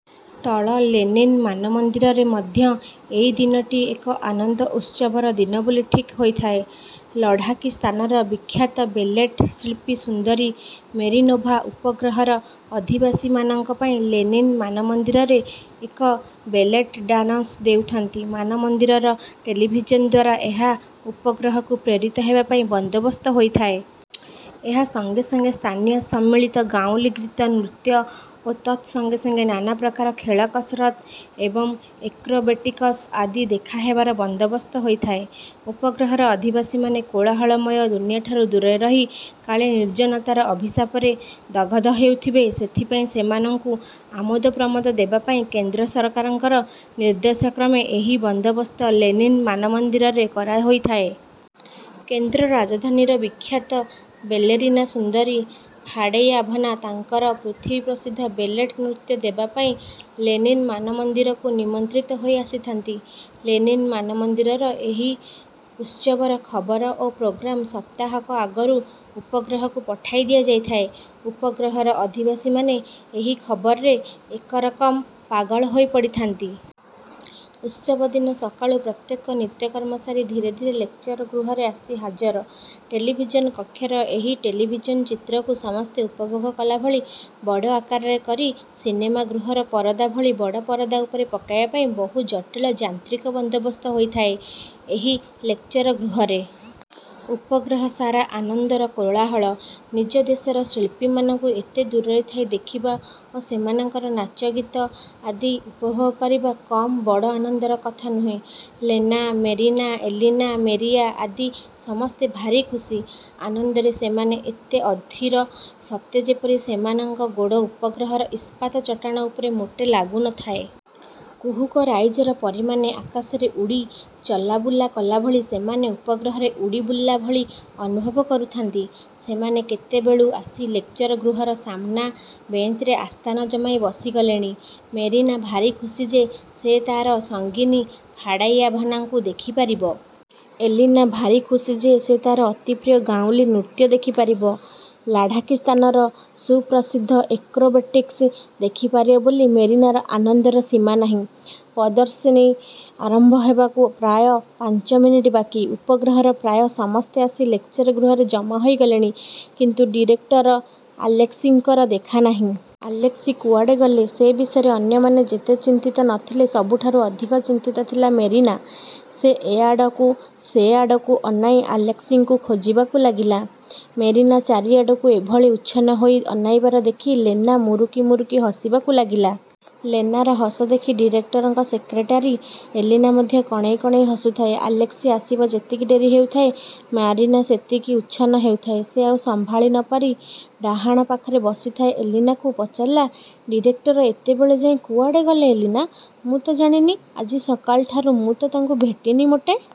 ତଳ ଲେନିନ୍ ମାନମନ୍ଦିରରେ ମଧ୍ୟ ଏଇ ଦିନଟି ଏକ ଆନନ୍ଦଉତ୍ସବର ଦିନ ବୋଲି ଠିକ୍ ହୋଇଥାଏ। ଲଢ଼ାକିସ୍ଥାନର ବିଖ୍ୟାତ ବେଲେଟ୍ ଶିଳ୍ପୀ ସୁନ୍ଦରୀ ମେରିନୋଭା ଉପଗ୍ରହର ଅଧିବାସୀମାନଙ୍କ ପାଇଁ ଲେନିନ୍ ମାନମନ୍ଦିରରେ ଏକ ବେଲେଟ୍ ଡାନସ୍ ଦେଉଥାନ୍ତି। ମାନମନ୍ଦିରର ଟେଲିଭିଜନ୍ ଦ୍ୱାରା ଏହା ଉପଗ୍ରହକୁ ପ୍ରେରିତ ହେବା ପାଇଁ ବନ୍ଦୋବସ୍ତ ହୋଇଥାଏ। ଏହା ସଙ୍ଗେ ସଙ୍ଗେ ସ୍ଥାନୀୟ ସମ୍ମିଳିତ ଗାଉଁଲୀ ଗୀତ, ନୃତ୍ୟ ଓ ତତ୍ ସଙ୍ଗେ ସଙ୍ଗେ; ନାନାପ୍ରକାର ଖେଳ କସରତ୍ ଏବଂ ଏକ୍ରୋବେଟିକସ୍ ଆଦି ଦେଖାହେବାର ବନ୍ଦୋବସ୍ତ ହୋଇଥାଏ। ଉପଗ୍ରହର ଅଧିବାସୀମାନେ କୋଳାହଳମୟ ଦୁନିଆଠାରୁ ଦୂରରେ ରହି କାଳେ ନିର୍ଜ୍ଜନତାର ଅଭିଶାପରେ ଦଗଧ ହେଉଥିବେ ସେଥିପାଇଁ ସେମାନଙ୍କୁ ଆମୋଦପ୍ରମୋଦ ଦେବାପାଇଁ କେନ୍ଦ୍ର ସରକାରଙ୍କର ନିର୍ଦ୍ଦେଶକ୍ରମେ ଏହି ବନ୍ଦୋବସ୍ତ ଲେନିନ୍ ମାନମନ୍ଦିରରେ କରାହୋଇଥାଏ। କେନ୍ଦ୍ର ରାଜଧାନୀର ବିଖ୍ୟାତ ବେଲେରିନା ସୁନ୍ଦରୀ ଫାଡ଼େୟାଭନା ତାଙ୍କର ପୃଥିବୀ ପ୍ରସିଦ୍ଧ ବେଲେଟ୍ ନୃତ୍ୟ ଦେବାପାଇଁ ଲେନିନ୍ ମାନମନ୍ଦିରକୁ ନିମନ୍ତ୍ରିତ ହୋଇ ଆସିଥାନ୍ତି। ଲେନିନ୍ ମାନମନ୍ଦିରର ଏହି ଉତ୍ସବର ଖବର ଓ ପ୍ରୋଗ୍ରାମ୍ ସପ୍ତାହକ ଆଗରୁ ଉପଗ୍ରହକୁ ପଠାଇ ଦିଆଯାଇଥାଏ। ଉପଗ୍ରହର ଅଧିବାସୀମାନେ ଏହି ଖବରରେ ଏକରକମ୍ ପାଗଳ ହୋଇପଡ଼ିଥାନ୍ତି-। ଉତ୍ସବ ଦିନ ସକାଳୁ ପ୍ରତ୍ୟେକେ ନିତ୍ୟକର୍ମ ସାରି ଧୀରେ ଧୀରେ ଲେକ୍ଚର୍ ଗୃହରେ ଆସି ହାଜର-। ଟେଲିଭିଜନ୍ କକ୍ଷର ଏହି ଟେଲିଭିଜନ୍ ଚିତ୍ରକୁ ସମସ୍ତେ ଉପଭୋଗ କଲାଭଳି ବଡ଼ ଆକାରର କରି ସିନେମାଗୃହର ପରଦାଭଳି ବଡ଼ ପରଦା ଉପରେ ପକାଇବା ପାଇଁ ବହୁ ଜଟିଳ ଯାନ୍ତ୍ରିକ ବନ୍ଦୋବସ୍ତ ହୋଇଥାଏ ଏହି ଲେକ୍ଚର ଗୃହରେ। ଉପଗ୍ରହ ସାରା ଆନନ୍ଦର କୋଳାହଳ। ନିଜ ଦେଶର ଶିଳ୍ପୀମାନଙ୍କୁ ଏତେ ଦୂରରେ ଥାଇ ଦେଖିବା ଓ ସେମାନଙ୍କର ନାଚ, ଗୀତ ଆଦି ଉପଭୋଗ କରିବା କମ୍ ବଡ଼ ଆନନ୍ଦର କଥା ନୁହେଁ। ଲେନା, ମେରିନା, ଏଲିନା, ମେରିଆ ଆଦି ସମସ୍ତେ ଭାରି ଖୁସି। ଆନନ୍ଦରେ ସେମାନେ ଏତେ ଅଧିର ସତେ ଯେପରି ସେମାନଙ୍କ ଗୋଡ଼ ଉପଗ୍ରହର ଇସ୍ପାତ୍ ଚଟାଣ ଉପରେ ମୋଟେ ଲାଗୁ ନ ଥାଏ। କୁହୁକ ରାଇଜର ପରୀମାନେ ଆକାଶରେ ଉଡ଼ି ଚଲାବୁଲା କଲାଭଳି ସେମାନେ ଉପଗ୍ରହରେ ଉଡ଼ି ବୁଲିଲା ଭଳି ଅନୁଭବ କରୁଥାନ୍ତି। ସେମାନେ କେତେବେଳୁ ଆସି ଲେକ୍ଚର୍ ଗୃହର ସାମନା ବେଞ୍ଚରେ ଆସ୍ଥାନ ଜମାଇ ବସିଗଲେଣି।। ମେରିନା ଭାରି ଖୁସି ଯେ ସେ ତା'ର ସଙ୍ଗିନୀ ଫାଡ଼େୟାଭନାକୁ ଦେଖିପାରିବ। ଏଲିନା ଭାରି ଖୁସି ଯେ ସେ ତା'ର ଅତିପ୍ରିୟ ଗାଉଁଲି ନୃତ୍ୟ ଦେଖିପାରିବ। ଲାଢ଼ାକିସ୍ଥାନର ସୁପ୍ରସିଦ୍ଧ ଏକ୍ରୋବେଟିକ୍ସ ଦେଖିପାରିବ ବୋଲି ମେରିନାର ଆନନ୍ଦର ସୀମା ନାହିଁ। ପ୍ରଦର୍ଶିନୀ ଆରମ୍ଭ ହେବାକୁ ପ୍ରାୟ ପାଞ୍ଚମିନିଟ୍ ବାକି। ଉପଗ୍ରହର ପ୍ରାୟ ସମସ୍ତେ ଆସି ଲେକ୍ଚର ଗୃହରେ ଜମାହୋଇ ଗଲେଣି, କିନ୍ତୁ ଡିରେକଟର ଆଲେସ୍କିଙ୍କର ଦେଖାନାହିଁ। ଆଲେସ୍କି କୁଆଡ଼େ ଗଲେ, ସେ ବିଷୟରେ ଅନ୍ୟମାନେ ଯେତେ ଚିନ୍ତିତ ନ ଥିଲେ, ସବୁଠାରୁ ଅଧିକ ଚିନ୍ତିତା ଥିଲା ମେରିନା। ସେ ଏଆଡ଼କୁ ସେ ଆଡ଼କୁ ଅନାଇ ଆଲେସ୍କିଙ୍କୁ ଖୋଜିବାକୁ ଲାଗିଲା। ମେରିନା ଚାରିଆଡ଼କୁ ଏଭଳି ଉଚ୍ଛନ୍ନ ହୋଇ ଅନାଇବାର ଦେଖି ଲେନା ମୁରୁକି ମୁରୁକି ହସିବାକୁ ଲାଗିଲା। ଲେନାର ହସ ଦେଖି ଡିରେକ୍ଟରଙ୍କ ସେକ୍ରେଟାରୀ ଏଲିନା ମଧ୍ୟ କଣେଇ କଣେଇ ହସୁଥାଏ। ଆଲେସ୍କି ଆସିବା ଯେତିକି ଡେରି ହେଉଥାଏ, ମେରିନା ସେତିକି ଉଚ୍ଛନ୍ନ ହେଉଥାଏ। ସେ ଆଉ ସମ୍ଭାଳି ନପାରି ଡାହାଣ ପାଖରେ ବସିଥାଏ ଏଲିନାକୁ ପଚାରିଲା–''ଡିରେକ୍ଟର ଏତେବେଳଯାଏ କୁଆଡ଼େ ଗଲେ ଏଲିନା? '' ''ମୁଁ ତ ଜାଣିନି, ଆଜି ସକାଳଠାରୁ ମୁଁ ତ ତାଙ୍କୁ ଭେଟିନି ମୋଟେ।